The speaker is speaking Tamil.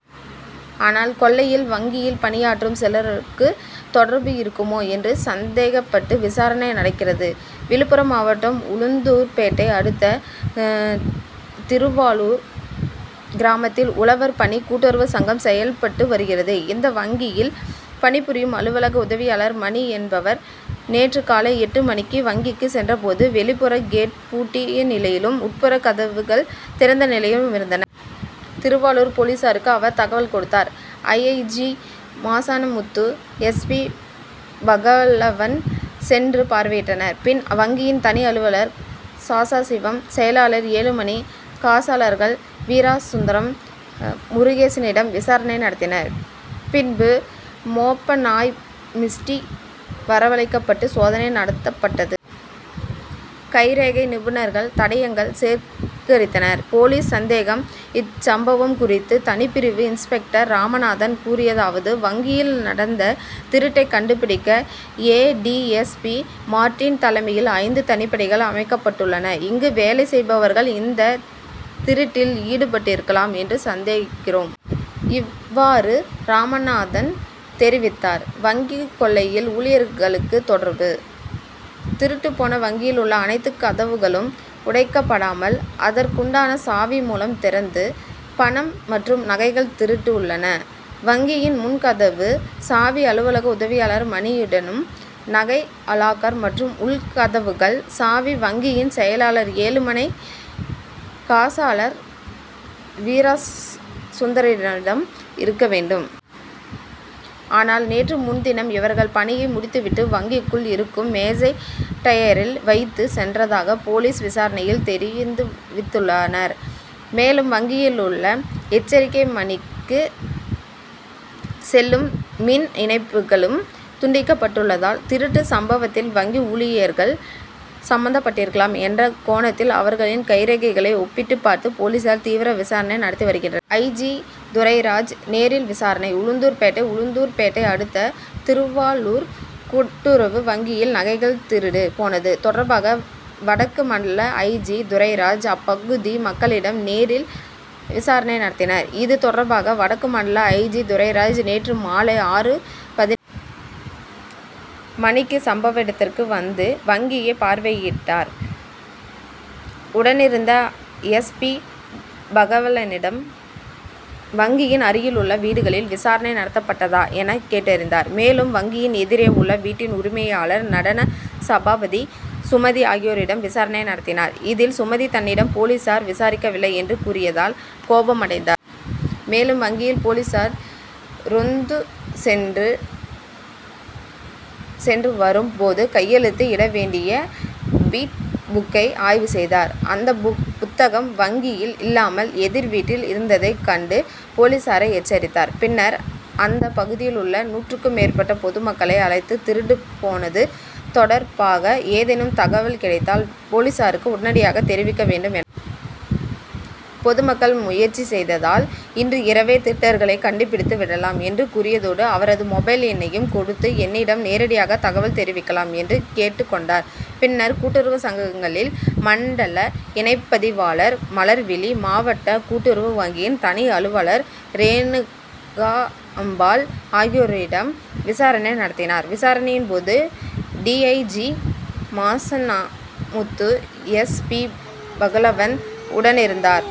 ஆனால், கொள்ளையில் வங்கியில் பணியாற்றும் சிலருக்கு தொடர்பு இருக்குமோ என்று சந் தேகப்பட்டு விசாரணை நடக் கிறது. விழுப்புரம் மாவட்டம் உளுந் தூர்பேட்டை அடுத்த திருநாவலூர் கிராமத்தில் உழவர் பணி கூட்டுறவு சங்கம் செயல்பட்டு வருகிறது. இந்த வங்கியில் பணிபுரியும் அலுவலக உதவியாளர் மணி என்பவர் நேற்று காலை எட்டு மணிக்கு வங்கிக்கு சென்றபோது, வெளிப்புற கேட் பூட்டிய நிலையிலும், உட்புற கதவுகள் திறந்த நிலையிலும் இருந்தன. திருநாவலூர் போலீசாருக்கு அவர் தகவல் கொடுத்தார். I. G., Masanamuthu, S. P., Pagalavan சென்று பார்வையிட்டனர். பின், வங்கியின் தனி அலுவலர் சதாசிவம், செயலர் ஏழுமலை, காசாளர்கள் வீரசுந்தரம், முருகேசனிடம் விசாரணை நடத்தினர். பின்பு மோப்ப நாய் மிஸ்டி வரவழைக்கப்பட்டு சோதனை நடத் தப்பட்டது. கைரேகை நிபுணர் கள் தடயங்களை சேகரித்தனர். போலீஸ் சந்தேகம் இச்சம்பவம் குறித்து தனிப்பிரிவு இன்ஸ் பெக் டர் ராமநாதன் கூறியதாவது: வங்கியில் நடந்த திருட்டை கண்டுபிடிக்க A. D. S. P., Martin தலைமையில் ஐந்து தனிப்படைகள் அமைக்கப்பட்டுள்ளன. இங்கு வேலை செய்பவர்கள் இந்த திருட்டில் ஈடுபட்டிருக்கலாம் என்று சந்தேகிக்கிறோம். இவ் வாறு ராமநாதன் தெரிவித்தார். வங்கி கொள்ளையில் ஊழியர்களுக்கு தொடர்பு? திருடுபோன வங்கியில் உள்ள அனைத்து கதவுகளும் உடைக்கப்படாமல் அதற்குண்டான சாவி மூலம் திறந்து, பணம் மற்றும் நகைகள் திருடப்பட்டுள்ளன. வங்கியின் முன் கதவு சாவி அலுவலக உதவியாளர் மணியிடமும், நகை லாக்கர் மற்றும் உள் கதவுகளின் சாவி, வங்கியின் செயலர் ஏழுமலை, காசாளர் வீரசுந்தரத்திடம் இருக்க வேண்டும். ஆனால் நேற்று முன்தினம் இவர்கள் பணியை முடித்துவிட்டு, வங்கிக்குள் இருக்கும் மேஜை டிராயரில் வைத்துச் சென்றதாக போலீஸ் விசாரணையில் தெரிவித்துள்ளனர். மேலும், வங்கியில் உள்ள எச்சரிக்கை மணிக்கு செல்லும் மின் இணைப்புகளும் துண்டிக்கப்பட் டுள்ளதால், திருட்டு சம்பவத்தில் வங்கி ஊழியர்கள் சம்பந்தப்பட்டிருக்கலாம் என்ற கோணத் தில், அவர்களின் கைரேகைகளை ஒப்பிட்டுப் பார்த்து போலீசார் தீவிர விசாரணை நடத்தி வருகின்றனர். ஐ. ஜி., துரைராஜ் நேரில் விசாரணை உளுந்தூர்பேட்டை உளுந்தூர்பேட்டை அடுத்த திருநாவலூர் கூட்டுறவு வங்கியில் நகைகள் திருடு போனது தொடர்பாக வடக்கு மண்டல ஐ. ஜி., துரைராஜ் அப்பகுதி மக்களிடம் நேரில் விசாரணை நடத்தினார். இது தொடர்பாக வடக்கு மண்டல ஐ. ஜி., துரைராஜ் நேற்று மாலை ஆறு.பதினைந்து மணிக்கு சம்பவ இடத் திற்கு வந்து வங்கியை பார்வையிட்டார். உடனிருந்த எஸ். பி. பகவலனிடம் வங்கியின் அருகிலுள்ள வீடுகளில் விசாரணை நடத்தப்பட்டதா என கேட்டறிந்தார். மேலும் வங்கியின் எதிரே உள்ள வீட்டின் உரிமையாளர் நடன சபாபதி, சுமதி ஆகியோரிடம் விசாரணை நடத்தினார். இதில் சுமதி தன்னிடம் போலீசார் விசாரிக்கவில்லை என்று கூறியதால் கோபமடைந்தார். மேலும் வங்கியில் போலீசார் ரோந்து சென்று சென்று வரும் போது கையெழுத்து இடவேண்டிய பீட் புக்கை ஆய்வு செய்தார். அந்த புத்தகம் வங்கியில் இல்லாமல் எதிர் வீட்டில் இருந்ததை கண்டு போலீசாரை எச்சரித்தார். பின்னர் அந்தப் பகுதியிலுள்ள நூற்றுக்கும் மேற்பட்ட பொது மக்களை அழைத்து திருடு போனது தொடர் பாக ஏதேனும் தகவல் கிடைத்தால் போலீசாருக்கு உடனடியாக தெரிவிக்க வேண்டும் என்றார். பொதுமக்கள் முயற்சி செய்தால் இன்று இரவே திருடர்களை கண்டுபிடித்து விடலாம் என்று கூறியதோடு, அவரது மொபைல் எண்ணையும் கொடுத்து என்னிடமும் நேரடியாக தகவல் தெரிவிக்கலாம் என்று கேட்டுக் கொண்டார். பின்னர் கூட்டுறவு சங்கங்களின் மண்டல இணைப்பதிவாளர் மலர் விழி, மாவட்ட கூட்டுறவு வங்கியின் தனி அலுவலர் ரேணுகாம்பாள் ஆகியோரிடம் விசாரணை நடத்தினார். விசாரணையின் போது டி. ஐ. G., Masanamuthu, S. பி.பகலவன் உடனிருந்தனர்.